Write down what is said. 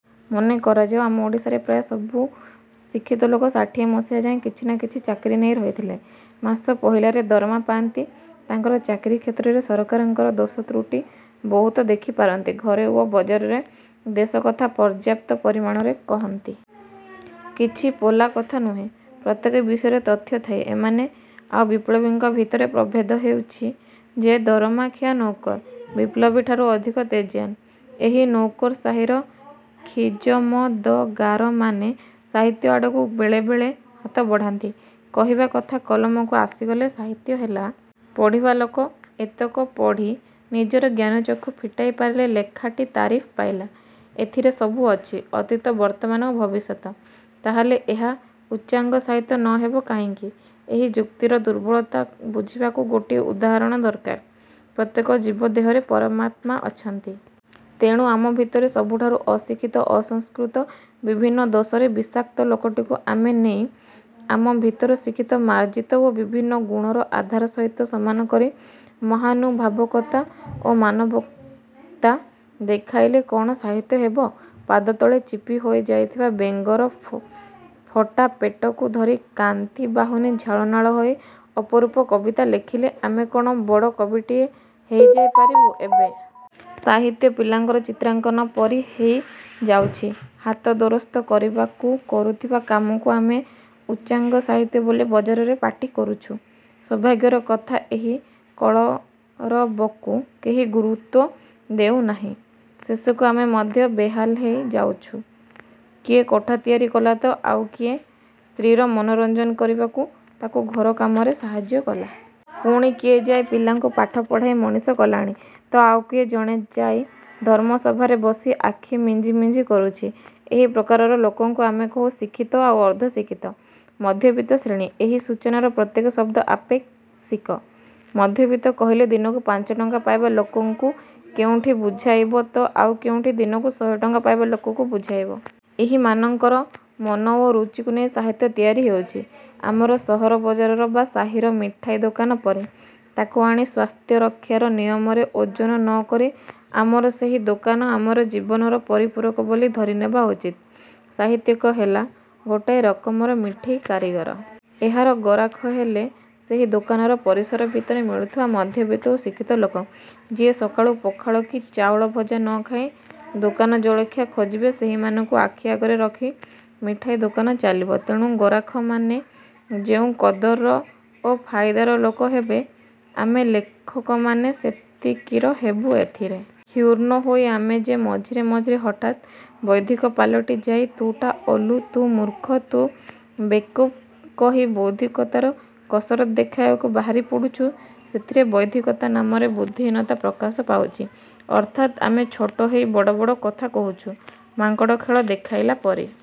ମନେ କରାଯାଉ ଆମର ଓଡ଼ିଶାରେ ପ୍ରାୟ ସବୁ ଶିକ୍ଷିତ ଲୋକ ଷାଠିଏ ମସିହାଯାଏ କିଛି ନା କିଛି ଚାକିରି ନେଇ ରହିଥିଲେ। ମାସ ପହିଲାରେ ଦରମା ପାଆନ୍ତି। ତାଙ୍କର ଚାକିରି କ୍ଷେତ୍ରରେ ସରକାରଙ୍କର ଦୋଷ ତୃଟି ବହୁତ ଦେଖି ପାରନ୍ତି। ଘରେ ଓ ବଜାରରେ ଦେଶକଥା ପର୍ଯ୍ୟାପ୍ତ ପରିମାଣରେ କହନ୍ତି। କିଛି ପୋଲା କଥା ନୁହେଁ। ପ୍ରତ୍ୟେକ ବିଷୟରେ ତଥ୍ୟ ଥାଏ। ଏମାନେ ଆଉ ବିପ୍ଳବୀଙ୍କ ଭିତରେ ପ୍ରଭେଦ ହେଉଛି ଯେ ଦରମାଖିଆ ନୌକର ବିପ୍ଳବୀଠାରୁ ଅଧିକ ତେଜିୟାନ୍। ଏହି ନୌକରସାହୀର ଖିଜମଦଗାରମାନେ ସାହିତ୍ୟ ଆଡ଼କୁ ବେଳେବେଳେ ହାତ ବଢ଼ାନ୍ତି। କହିବା କଥା କଲମକୁ ଆସିଗଲେ ସାହିତ୍ୟ ହେଲା। ପଢ଼ିବା ଲୋକ ଏତକ ପଢ଼ି ନିଜର ଜ୍ଞାନଚକ୍ଷୁ ଫିଟାଇ ପାରିଲେ ଲେଖାଟି ତାରିଫ୍ ପାଇଲା। ଏଥିରେ ସବୁ ଅଛି। ଅତୀତ, ବର୍ତ୍ତମାନ୍ ଓ ଭବିଷ୍ୟତ୍। ତାହାହେଲେ ଏହା ଉଚ୍ଚାଙ୍ଗ ସାହିତ୍ୟ ନ ହେବ କାହିଁକି? ଏହି ଯୁକ୍ତିର ଦୁର୍ବଳତା ବୁଝିବାକୁ ଗୋଟିଏ ଉଦାହରଣ ଦରକାର। ପ୍ରତ୍ୟେକ ଜୀବ ଦେହରେ ପରମାତ୍ମା ଅଛନ୍ତି। ତେଣୁ ଆମ ଭିତରେ ସବୁଠାରୁ ଅଶିକ୍ଷିତ, ଅସଂସ୍କୃତ, ବିଭିନ୍ନ ଦୋଷରେ ବିଷାକ୍ତ ଲୋକଟିକୁ ଆମେ ନେଇ ଆମ ଭିତର ଶିକ୍ଷିତ, ମାର୍ଜିତ ଓ ବିଭିନ୍ନ ଗୁଣର ଆଧାର ସହିତ ସମାନ କରି ମହାନୁଭାବକତା ଓ ମାନବତା ଦେଖାଇଲେ କଣ ସାହିତ୍ୟ ହେବ? ପାଦତଳେ ଚିପି ହୋଇ ଯାଇଥିବା ବେଙ୍ଗର ଫଟା ପେଟକୁ ଧରି କାନ୍ତି ବାହୁନି ଝାଳନାଳ ହୋଇ ଅପରୂପ କବିତା ଲେଖିଲେ ଆମେ କଣ ବଡ଼ କବିଟିଏ ହେଇଯାଇ ପାରିବୁ? ଏବେ ସାହିତ୍ୟ ପିଲାଙ୍କର ଚିତ୍ରାଙ୍କନ ପରି ହେଇଯାଉଛି। ହାତ ଦୋରସ୍ତ କରିବାକୁ କରୁଥିବା କାମକୁ ଆମେ ଉଚ୍ଚାଙ୍ଗ ସାହିତ୍ୟ ବୋଲି ବଜାରରେ ପାଟି କରୁଛୁ। ସୌଭାଗ୍ୟର କଥା ଏହି କଳରବକୁ କେହି ଗୁରୁତ୍ୱ ଦେଉ ନାହିଁ। ଶେଷକୁ ଆମେ ମଧ୍ୟ ବେହାଲ ହେଇ ଯାଉଛୁ। କିଏ କୋଠା ତିଆରି କଲା ତ ଆଉ କିଏ ସ୍ତ୍ରୀର ମନୋରଞ୍ଜନ କରିବାକୁ ତାକୁ ଘର କାମରେ ସାହାଯ୍ୟ କଲା। ପୁଣି କିଏ ଯାଇ ପିଲାଙ୍କୁ ପାଠପଢ଼ାଇ ମଣିଷ କଲାଣି ତ ଆଉ ଜଣେ ଯାଇ ଧର୍ମସଭାରେ ବସି ଆଖି ମିଞ୍ଜି ମିଞ୍ଜି କରୁଛି। ଏହି ପ୍ରକାରର ଲୋକଙ୍କୁ ଆମେ କହୁ ଶିକ୍ଷିତ ଆଉ ଅର୍ଦ୍ଧଶିକ୍ଷିତ ମଧ୍ୟବିତ୍ତ ଶ୍ରେଣୀ। ଏହି ସୂଚନାର ପ୍ରତ୍ୟେକ ଶବ୍ଦ ଆପେଷିକ। ମଧ୍ୟବିତ୍ତ କହିଲେ ଦିନକୁ ପାଞ୍ଚଟଙ୍କା ପାଇବା ଲୋକଙ୍କୁ କେଉଁଠି ବୁଝାଇବ ତ ଆଉ କେଉଁଠି ଦିନକୁ ଶହେଟଙ୍କା ପାଇବା ଲୋକକୁ ବୁଝାଇବ। ଏହିମାନଙ୍କର ମନ ଓ ରୁଚିକୁ ନେଇ ସାହିତ୍ୟ ତିଆରି ହେଉଛି। ଆମର ସହର ବଜାରର ବା ସାହୀର ମିଠାଇ ଦୋକାନ ପରି। ତାକୁ ଆଣି ସ୍ୱାସ୍ଥ୍ୟରକ୍ଷାର ନିୟମରେ ଓଜନ ନ କରି ଆମର ସେହି ଦୋକାନ ଆମର ଜୀବନର ପରିପୂରକ ବୋଲି ଧରିନେବା ଉଚିତ୍। ସାହିତ୍ୟିକ ହେଲା ଗୋଟାଏ ରକମର ମିଠେଇ କାରିଗର। ଏହାର ଗରାଖ ହେଲେ ସେହି ଦୋକାନର ପରିସର ଭିତରେ ମିଳୁଥିବା ମଧ୍ୟବିତ୍ତ ଓ ଶିକ୍ଷିତ ଲୋକ। ଯିଏ ସକାଳୁ ପଖାଳ କି ଚାଉଳଭଜା ନ ଖାଇ ଦୋକାନଜଳଖିଆଖୋଜିବେସେହିମାନଙ୍କୁ ଆଖି ଆଗରେ ରଖି ମିଠାଇ ଦୋକାନ ଚାଲିବ। ତେଣୁ ଗରାଖମାନେ ଯେଉଁ କଦରର ଓ ଫାଇଦାର ଲୋକ ହେବେ ଆମେ ଲେଖକମାନେ ସେତିକିର ହେବୁ। ଏଥିରେ କ୍ଷୁଣ୍ଣ ହୋଇ ଆମେ ଯେ ମଝିରେ ମଝିରେ ହଠାତ୍ ବୌଦ୍ଧିକ ପାଲଟି ଯାଇ ତୁ ଟା ଓଲୁ, ତୁ ମୁର୍ଖ, ତୁ ବେକୁବ୍ କହି ବୌଦ୍ଧିକତାର କସରତ ଦେଖାଇବାକୁ ବାହାରି ପଡ଼ୁଛୁ ସେଥିରେ ବୌଦ୍ଧିକତା ନାମରେ ବୁଦ୍ଧିହୀନତା ପ୍ରକାଶ ପାଉଛି। ଅର୍ଥାତ୍ ଆମେ ଛୋଟ ହେଇ ବଡ଼ ବଡ଼ କଥା କହୁଛୁ। ମାଙ୍କଡ଼ ଖେଳ ଦେଖାଇଲା ପରି।